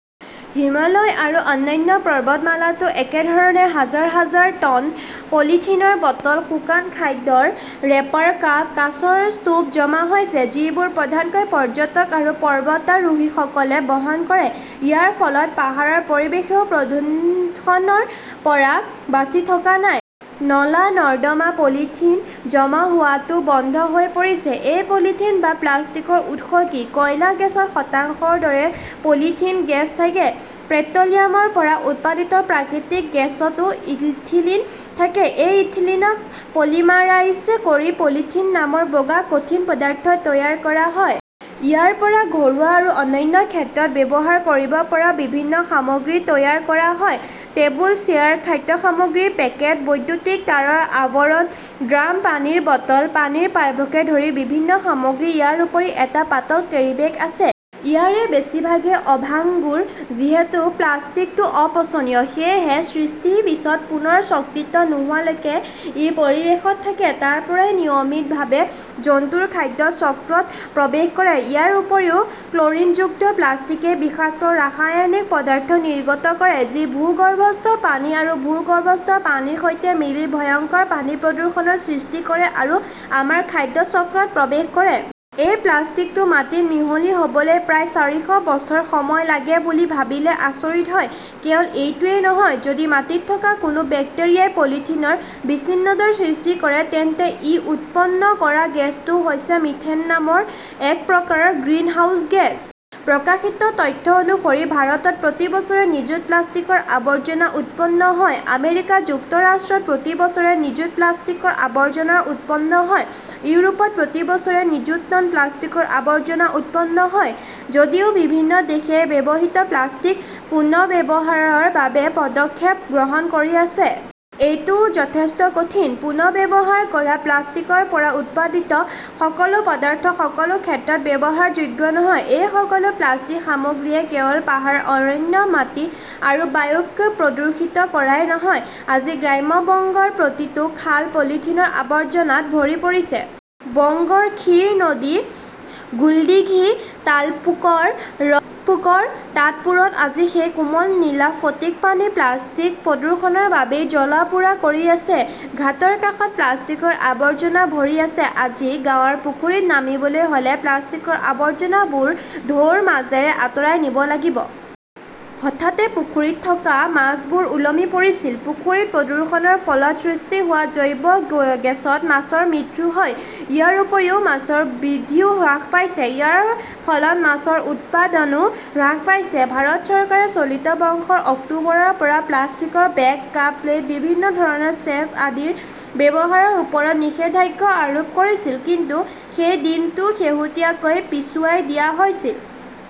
হিমালয় আৰু অন্যান্য পৰ্বতমালাতো একেধৰণে হাজাৰ - হাজাৰ টন পলিথিনৰ বটল, শুকান খাদ্যৰ ৰেপাৰ, কাপ, কাঁচৰ স্তূপ জমা হৈছে, যিবোৰ প্ৰধানকৈ পৰ্যটক আৰু পৰ্বতাৰোহীসকলে বহন কৰে। ইয়াৰ ফলত পাহাৰৰ পৰিৱেশও প্ৰদূষণৰ পৰা বাচি থকা নাই। নলা-নৰ্দমা পলিথিন জমা হোৱাটো বন্ধ হৈ পৰিছে। এই পলিথিন বা প্লাষ্টিকৰ উৎস কি? কয়লা গেছত শতাংশৰ দৰে ইথিলিন গেছ থাকে। পেট্ৰ'লিয়ামৰ পৰা উৎপাদিত প্ৰাকৃতিক গেছতো ইথিলিন থাকে। এই ইথিলিনক পলিমাৰাইজ কৰি পলিথিন নামৰ বগা কঠিন পদাৰ্থ তৈয়াৰ কৰা হয়। ইয়াৰ পৰা ঘৰুৱা আৰু অন্যান্য ক্ষেত্ৰত ব্যৱহাৰ কৰিব পৰা বিভিন্ন সামগ্ৰী তৈয়াৰ কৰা হয়। টেবুল-চেয়াৰ, খাদ্য সামগ্ৰীৰ পেকেট, বৈদ্যুতিক তাঁৰৰ আৱৰণ, ড্ৰাম, পানীৰ বটল, পানীৰ পাইপকে ধৰি বিভিন্ন সামগ্ৰী। ইয়াৰ উপৰিও, এটা পাতল কেৰীবেগ আছে। ইয়াৰে বেছিভাগেই অভাংগুৰ। যিহেতু প্লাষ্টিকটো অপচনীয়, সেয়েহে সৃষ্টিৰ পিছত পুনৰ চক্ৰিত নোহোৱালৈকে ই পৰিৱেশত থাকে। তাৰ পৰাই নিয়মিতভাৱে জন্তুৰ খাদ্য চক্ৰত প্ৰৱেশ কৰে। ইয়াৰ উপৰিও ক্লৰিনযুক্ত প্লাষ্টিকই বিষাক্ত ৰাসায়নিক পদাৰ্থ নিৰ্গত কৰে। যি ভূগৰ্ভস্থ পানী আৰু ভূগৰ্ভস্থ পানীৰ সৈতে মিলি ভয়ংকৰ পানী প্ৰদূষণৰ সৃষ্টি কৰে আৰু আমাৰ খাদ্য চক্ৰত প্ৰৱেশ কৰে। এই প্লাষ্টিকটো মাটিত মিহলি হ'বলৈ প্ৰায় চাৰিশ বছৰ সময় লাগে বুলি ভাবিলে আচৰিত হয়। কেৱল এইটোৱেই নহয়, যদি মাটিত থকা কোনো বেক্টেৰিয়াই পলিথিনৰ বিচ্ছিন্নতাৰ সৃষ্টি কৰে, তেন্তে ই উৎপন্ন কৰা গেছটো হৈছে মিথেন নামৰ এক প্ৰকাৰৰ গ্ৰিনহাউজ গেছ। প্ৰকাশিত তথ্য অনুসৰি, ভাৰতত প্ৰতি বছৰে নিযুত প্লাষ্টিকৰ আৱৰ্জনা উৎপন্ন হয়। আমেৰিকা যুক্তৰাষ্ট্ৰত প্ৰতি বছৰে নিযুত প্লাষ্টিকৰ আৱৰ্জনা উৎপন্ন হয়। ইউৰোপত প্ৰতি বছৰে নিযুত টন প্লাষ্টিকৰ আৱৰ্জনা উৎপন্ন হয়। যদিও বিভিন্ন দেশে ব্যৱহৃত প্লাষ্টিক পুনৰ্ব্যৱহাৰৰ বাবে পদক্ষেপ গ্ৰহণ কৰি আছে। এইটোও যথেষ্ট কঠিন। পুনৰ্ব্যৱহাৰ কৰা প্লাষ্টিকৰ পৰা উৎপাদিত সকলো পদাৰ্থ সকলো ক্ষেত্ৰতে ব্যৱহাৰযোগ্য নহয়। এই সকলো প্লাষ্টিক সামগ্ৰীয়ে কেৱল পাহাৰ, অৰণ্য, মাটি আৰু বায়ুক প্ৰদূষিত কৰাই নহয়, আজি গ্ৰাম্য বংগৰ প্ৰতিটো খাল পলিথিনৰ আৱৰ্জনাত ভৰি পৰিছে। বংগৰ ক্ষীৰ নদী, গোল্ডিঘি, তালপুকুৰ, ৰডপুকুৰ, তাঁতপুৰত আজি সেই কোমল নীলা ফটিক পানী প্লাষ্টিক প্ৰদূষণৰ বাবে জ্বলা-পোৰা কৰি আছে। ঘাটৰ কাষত প্লাষ্টিকৰ আৱৰ্জনা ভৰি আছে। আজি গাঁৱৰ পুখুৰীত নামিবলৈ হ'লে প্লাস্তিকৰ আৱৰ্জনাবোৰ ঢৌৰ মাজেৰে আতৰাই নিব লাগিব। হঠাতে পুখুৰীত থকা মাছবোৰ ওলমি পৰিছিল। পুখুৰীত প্ৰদূষণৰ ফলত সৃষ্টি হোৱা জৈৱ গেছত মাছৰ মৃত্যু হয়। ইয়াৰ উপৰিও, মাছৰ বৃদ্ধিও হ্ৰাস পাইছে। ইয়াৰ ফলত মাছৰ উৎপাদনও হ্ৰাস পাইছে। ভাৰত চৰকাৰে চলিত বৰ্ষৰ অক্টোবৰৰ পৰা প্লাষ্টিকৰ বেগ, কাপ, প্লেট, বিভিন্ন ধৰণৰ চেচ আদিৰ ব্যৱহাৰৰ ওপৰত নিষেধাজ্ঞা আৰোপ কৰিছিল। কিন্তু সেই দিনটোও শেহতীয়াকৈ পিছুৱাই দিয়া হৈছিল।